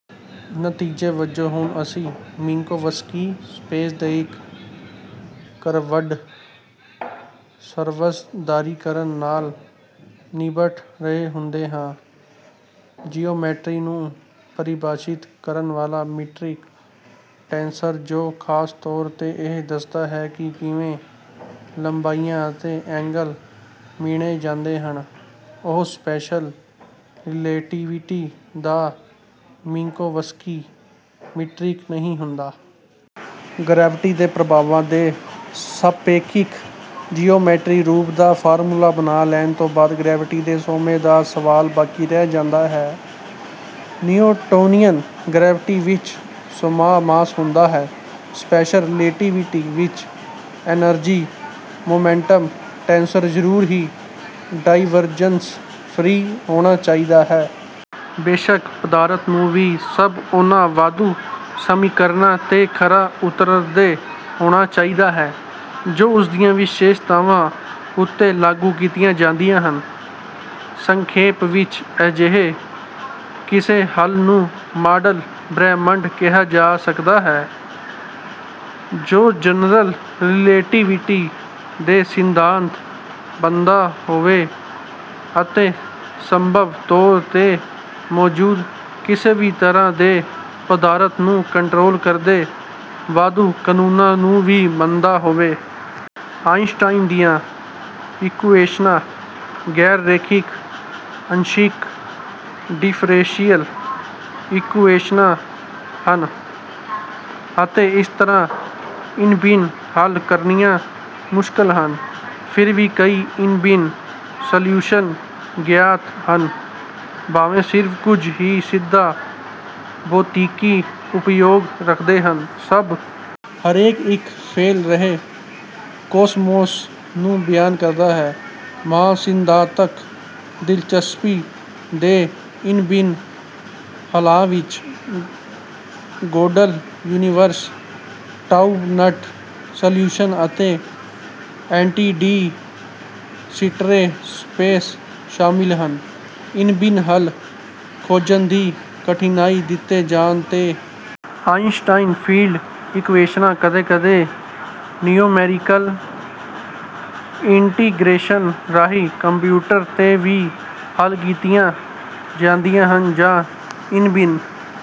ਨਤੀਜੇ ਵਜੋਂ ਹੁਣ ਅਸੀਂ ਮਿੰਕੋਵਸਕੀ ਸਪੇਸ ਦੇ ਇੱਕ ਕਰਵਡ ਸਰਵਸਧਾਰੀਕਰਨ ਨਾਲ ਨਿਬਟ ਰਹੇ ਹੁੰਦੇ ਹਾਂ। ਜਿਓਮੈਟਰੀ ਨੂੰ ਪਰਿਭਾਸ਼ਿਤ ਕਰਨ ਵਾਲਾ ਮੀਟ੍ਰਿਕ ਟੈਂਸਰ ਜੋ ਖਾਸ ਤੌਰ 'ਤੇ ਇਹ ਦੱਸਦਾ ਹੈ ਕਿ ਕਿਵੇਂ ਲੰਬਾਈਆਂ ਅਤੇ ਐਂਗਲ ਮਿਣੇ ਜਾਂਦੇ ਹਨ, ਉਹ ਸਪੈਸ਼ਲ ਰਿਲੈਟੀਵਿਟੀ ਦਾ ਮਿੰਕੋਵਸਕੀ ਮੀਟ੍ਰਿਕ ਨਹੀਂ ਹੁੰਦਾ। ਗਰੈਵਿਟੀ ਦੇ ਪ੍ਰਭਾਵਾਂ ਦੇ ਸਾਪੇਖਿਕ ਜੀਓਮੈਟਰੀ ਰੂਪ ਦਾ ਫਾਰਮੂਲਾ ਬਣਾ ਲੈਣ ਤੋਂ ਬਾਅਦ ਗਰੈਵਿਟੀ ਦੇ ਸੋਮੇ ਦਾ ਸਵਾਲ ਬਾਕੀ ਰਹਿ ਜਾਂਦਾ ਹੈ। ਨਿਊਟੋਨੀਅਨ ਗਰੈਵਿਟੀ ਵਿੱਚ ਸੋਮਾ ਮਾਸ ਹੁੰਦਾ ਹੈ। ਸਪੈਸ਼ਲ ਰਿਲੇਟੀਵਿਟੀ ਵਿੱਚ ਐਨਰਜੀ-ਮੋਮੈਂਟਮ ਟੈਂਸਰ ਜ਼ਰੂਰ ਹੀ ਡਾਇਵਰਜੰਸ-ਫਰੀ ਹੋਣਾ ਚਾਹੀਦਾ ਹੈ। ਬੇਸ਼ੱਕ ਪਦਾਰਥ ਨੂੰ ਵੀ ਸਭ ਉਹਨਾਂ ਵਾਧੂ ਸਮੀਕਰਨਾਂ 'ਤੇ ਖਰਾ ਉਤਰਦੇ ਹੋਣਾ ਚਾਹੀਦਾ ਹੈ ਜੋ ਉਸਦੀਆਂ ਵਿਸ਼ੇਸ਼ਤਾਵਾਂ ਉੱਤੇ ਲਾਗੂ ਕੀਤੀਆਂ ਜਾਂਦੀਆਂ ਹਨ। ਸੰਖੇਪ ਵਿੱਚ ਅਜਿਹੇ ਕਿਸੇ ਹੱਲ ਨੂੰ ਮਾਡਲ ਬ੍ਰਹਿਮੰਡ ਕਿਹਾ ਜਾ ਸਕਦਾ ਹੈ ਜੋ ਜਨਰਲ ਰਿਲੇਟੀਵਿਟੀ ਦੇ ਸਿਧਾਂਤ ਮੰਨਦਾ ਹੋਵੇ ਅਤੇ ਸੰਭਵ ਤੌਰ 'ਤੇ ਮੌਜੂਦ ਕਿਸੇ ਵੀ ਤਰ੍ਹਾਂ ਦੇ ਪਦਾਰਥ ਨੂੰ ਕੰਟਰੋਲ ਕਰਦੇ ਵਾਧੂ ਕਨੂੰਨਾਂ ਨੂੰ ਵੀ ਮੰਨਦਾ ਹੋਵੇ। ਆਈਨਸਟਾਈਨ ਦੀਆਂ ਇਕੁਏਸ਼ਨਾਂ ਗੈਰ-ਰੇਖਿਕ ਅੰਸ਼ਿਕ ਡਿੱਫਰੈਂਸ਼ੀਅਲ ਇਕੁਏਸ਼ਨਾਂ ਹਨ ਅਤੇ ਇਸ ਤਰ੍ਹਾਂ ਇੰਨਬਿੰਨ ਹੱਲ ਕਰਨੀਆਂ ਮੁਸ਼ਕਲ ਹਨ। ਫਿਰ ਵੀ ਕਈ ਇੰਨਬਿੰਨ ਸਲਿਊਸ਼ਨ ਗਿਆਤ ਹਨ ਭਾਵੇਂ ਸਿਰਫ ਕੁੱਝ ਹੀ ਸਿੱਧਾ ਭੌਤਿਕੀ ਉਪਯੋਗ ਰੱਖਦੇ ਹਨ। ਸਭ ਹਰੇਕ ਇੱਕ ਫੈਲ ਰਹੇ ਕੌਸਮੌਸ ਨੂੰ ਬਿਆਨ ਕਰਦਾ ਹੈ। ਮਹਾਨ ਸਿਧਾਂਤਕ ਦਿਲਚਸਪੀ ਦੇ ਇੰਨਬਿੰਨ ਹੱਲਾਂ ਵਿੱਚ ਗੋਡਲ ਯੂਨੀਵਰਸ, ਟਾਓਬ-ਨੱਟ ਸਲਿਊਸ਼ਨ ਅਤੇ ਐਂਟੀ-ਡੀ-ਸਿੱਟਰੇ ਸਪੇਸ ਸ਼ਾਮਿਲ ਹਨ। ਇੰਨਬਿੰਨ ਹੱਲ ਖੋਜਣ ਦੀ ਕਠਿਨਾਈ ਦਿੱਤੇ ਜਾਣ 'ਤੇ ਆਈਨਸਟਾਈਨ ਫੀਲਡ ਇਕੁਏਸ਼ਨਾਂ ਕਦੇ-ਕਦੇ ਨਿਉਮੈਰੀਕਲ ਇੰਟੀਗਰੇਸ਼ਨ ਰਾਹੀਂ ਕੰਪਿਊਟਰ 'ਤੇ ਵੀ ਹੱਲ ਕੀਤੀਆਂ ਜਾਂਦੀਆਂ ਹਨ ਜਾਂ ਇੰਨਬਿੰਨ